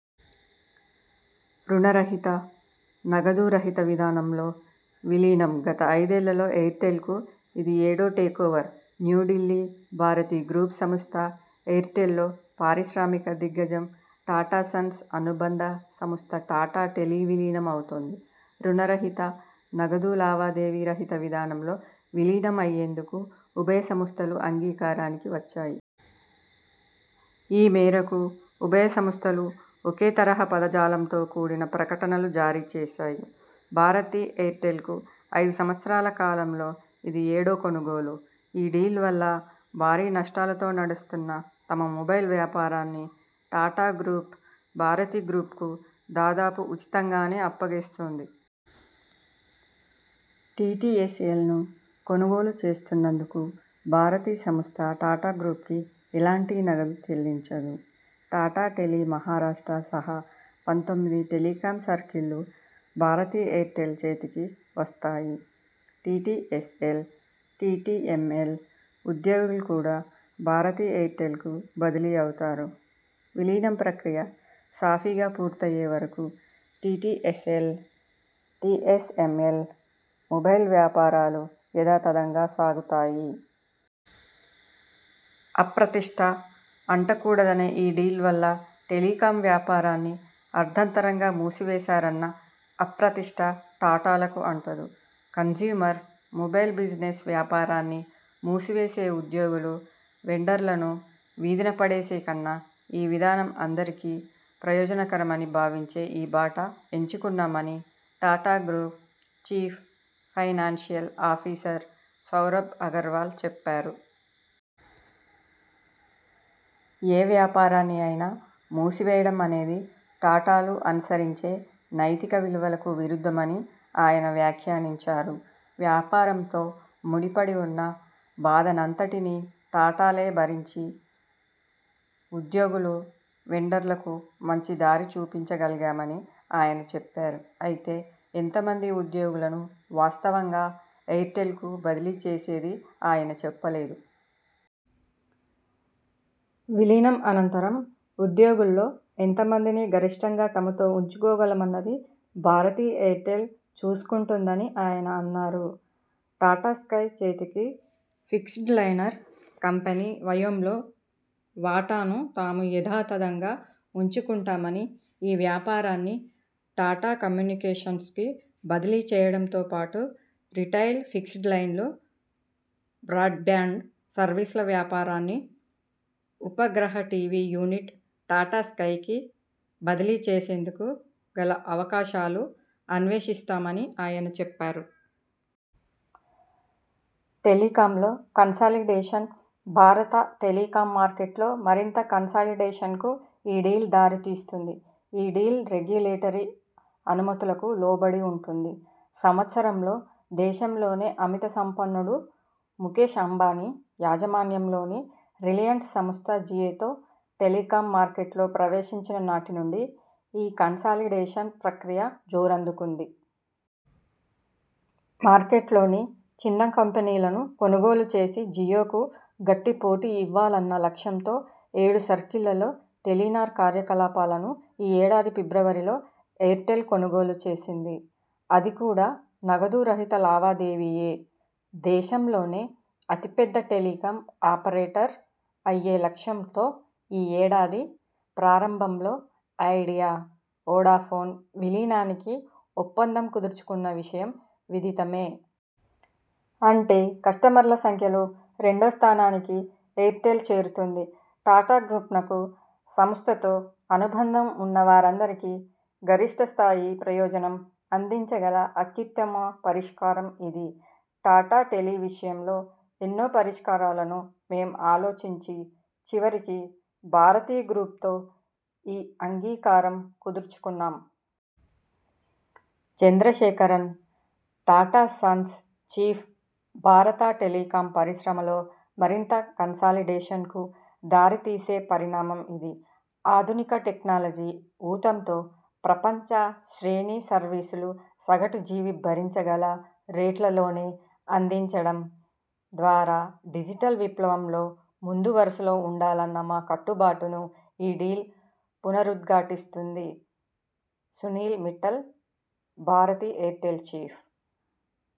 రుణ రహిత, నగదు రహిత విధానంలో విలీనం గత ఐదేళ్లలో ఎయిర్టెల్కు ఇది ఏడో takeover new Delhi Bharti group సంస్థ ఎయిర్టెల్లో పారిశ్రామిక దిగ్గజం టాటా సన్స్ అనుబంధ సంస్థ టాటా టెలి విలీనం అవుతోంది. రుణ రహిత, నగదు లావాదేవీ రహిత విధానంలో విలీనం అయ్యేందుకు ఉభయ సంస్థలు అంగీకారానికి వచ్చాయి. ఈ మేరకు ఉభయ సంస్థలు ఒకే తరహా పద జాలంతో కూడిన ప్రకటనలు జారీ చేశాయి. భారతి ఎయిర్టెల్కు ఐదు సంవత్సరాల కాలంలో ఇది ఏడో కొనుగోలు. ఈ డీల్ వల్ల భారీ నష్టాలతో నడుస్తున్న తమ మొబైల్ వ్యాపారాన్ని టాటా గ్రూప్, భారతి గ్రూప్కు దాదాపు ఉచితం గానే అప్పగిస్తోంది. టిటిఎస్ఎల్ను కొనుగోలు చేస్తున్నందుకు భారతి సంస్థ టాటా గ్రూప్కి ఎలాంటి నగదు చెల్లించదు. టాటా టెలి మహారాష్ట్ర సహా పంతొమ్మిది టెలికాం సర్కిళ్లు భారతి ఎయిర్టెల్ చేతికి వస్తాయి. టిటిఎస్ఎల్, టిటిఎంఎల్ ఉద్యోగులు కూడా భారతి ఎయిర్టెల్కు బదిలీ అవుతారు. విలీనం ప్రక్రియ సాఫీగా పూర్తయ్యే వరకు టిటిఎ్సఎల్, టిఎ్సఎంఎల్ మొబైల్ వ్యాపారాలు యథాతథంగా సాగుతాయి. అప్రతిష్ఠ అంటకూడదనే ఈ డీల్ వల్ల టెలికాం వ్యాపారాన్ని అర్ధంతరంగా మూసివేశారన్న అప్రతిష్ఠ టాటాలకు అంటదు. కన్స్యూమర్ మొబైల్ బిజినెస్ వ్యాపారాన్ని మూసివేసి ఉద్యోగులు, వెండర్లను వీధిన పడేసే కన్నా ఈ విధానం అందరికీ ప్రయోజన కరమని భావించే ఈ బాట ఎంచుకున్నామని Tata group chief financial officer Saurabh Agarwal చెప్పారు. ఏ వ్యాపారాన్ని అయినా మూసివేయడం అనేది టాటాలు అనుసరించే నైతిక విలువలకు విరుద్ధమని ఆయన వ్యాఖ్యానించారు. వ్యాపారంతో ముడిపడి ఉన్న బాధనంతటినీ టాటాలే భరించి ఉద్యోగులు, వెండర్లకు మంచి దారి చూపించ గలిగామని ఆయన చెప్పారు. అయితే ఎంత మంది ఉద్యోగులను వాస్తవంగా ఎయిర్టెల్కు బదిలీ చేసేది ఆయన చెప్పలేదు. విలీనం అనంతరం ఉద్యోగుల్లో ఎంత మందిని గరిష్ఠంగా తమతో ఉంచుకోగల మన్నది భారతి ఎయిర్టెల్ చూసుకుంటుందని ఆయన అన్నారు. టాటా స్కై చేతికి ఫిక్స్డ్లైన్టవర్ కంపెనీ వయోమ్లో వాటాను తాము యథాతథంగా ఉంచుకుంటామని, ఈ వ్యాపారాన్ని టాటా కమ్యూనికేషన్స్కు బదిలీ చేయడంతో పాటు రిటైల్ ఫిక్స్డ్ లైన్లు, బ్రాడ్బ్యాండ్ సర్వీసుల వ్యాపారాన్ని ఉపగ్రహ టివి యూనిట్ టాటా స్కైకి బదిలీ చేసేందుకు గల అవకాశాలు అన్వేషిస్తామని ఆయన చెప్పారు. టెలికాంలో కన్సాలిడేషన్ బారత టెలికాం మార్కెట్లో మరింత కన్సాలిడేషన్కు ఈ డీల్ దారి తీస్తుంది. ఈ డీల్ రెగ్యులేటరీ అనుమతులకు లోబడి ఉంటుంది. సంవత్సరంలో దేశంలోనే అమిత సంపన్నుడు ముకేశ్ అంబానీ యాజమాన్యంలోని రిలయన్స్ సంస్థ జియోతో టెలికాం మార్కెట్లో ప్రవేశించిన నాటి నుంచి ఈ కన్సాలిడేషన్ ప్రక్రియ జోరందుకుంది. మార్కెట్లోని చిన్న కంపెనీలను కొనుగోలు చేసి జియోకు గట్టి పోటీ ఇవ్వాలన్న లక్ష్యంతో ఏడు సర్కిళ్లలో టెలినార్ కార్యకలాపాలను ఈ ఏడాది ఫిబ్రవరిలో ఎయిర్టెల్ కొనుగోలు చేసింది. అది కూడా నగదు రహిత లావాదేవీయే. దేశంలోనే అతి పెద్ద టెలికాం ఆపరేటర్ అయ్యే లక్ష్యంతో ఈ ఏడాది ప్రారంభంలో ఐడియా, వొడాఫోన్ విలీనానికి ఒప్పందం కుదుర్చుకున్న విషయం విదితమే. అంటే కస్టమర్ల సంఖ్యలో రెండో స్థానానికి ఎయిర్టెల్ చేరుతుంది. టాటా గ్రూప్నకు, సంస్థతో అనుబంధం ఉన్న వారందరికీ గరిష్ఠ స్థాయి ప్రయోజనం అందించగల అత్యుత్తమ పరిష్కారం ఇది. టాటా టెలి విషయంలో ఎన్నో పరిష్కారాలను మేం ఆలోచించి చివరికి భారతి గ్రూప్తో ఈ అంగీకారం కుదుర్చుకున్నాం. చంద్రశేఖరన్, టాటా సన్స్ చీఫ్ భారత టెలికాం పరిశ్రమలో మరింత కన్సాలిడేషన్కు దారి తీసే పరిణామం ఇది. ఆధునిక టెక్నాలజీ ఊతంతో ప్రపంచ శ్రేణి సర్వీసులు సగటు జీవి భరించగల రేట్లలోనే అందించడం ద్వారాడిజిటల్ విప్లవంలో ముందు వరుసలో ఉండాలన్న మా కట్టు బాటును ఈ డీల్ పునరుద్ఘాటిస్తుంది. Sunil Mittal, Bharti Airtel chief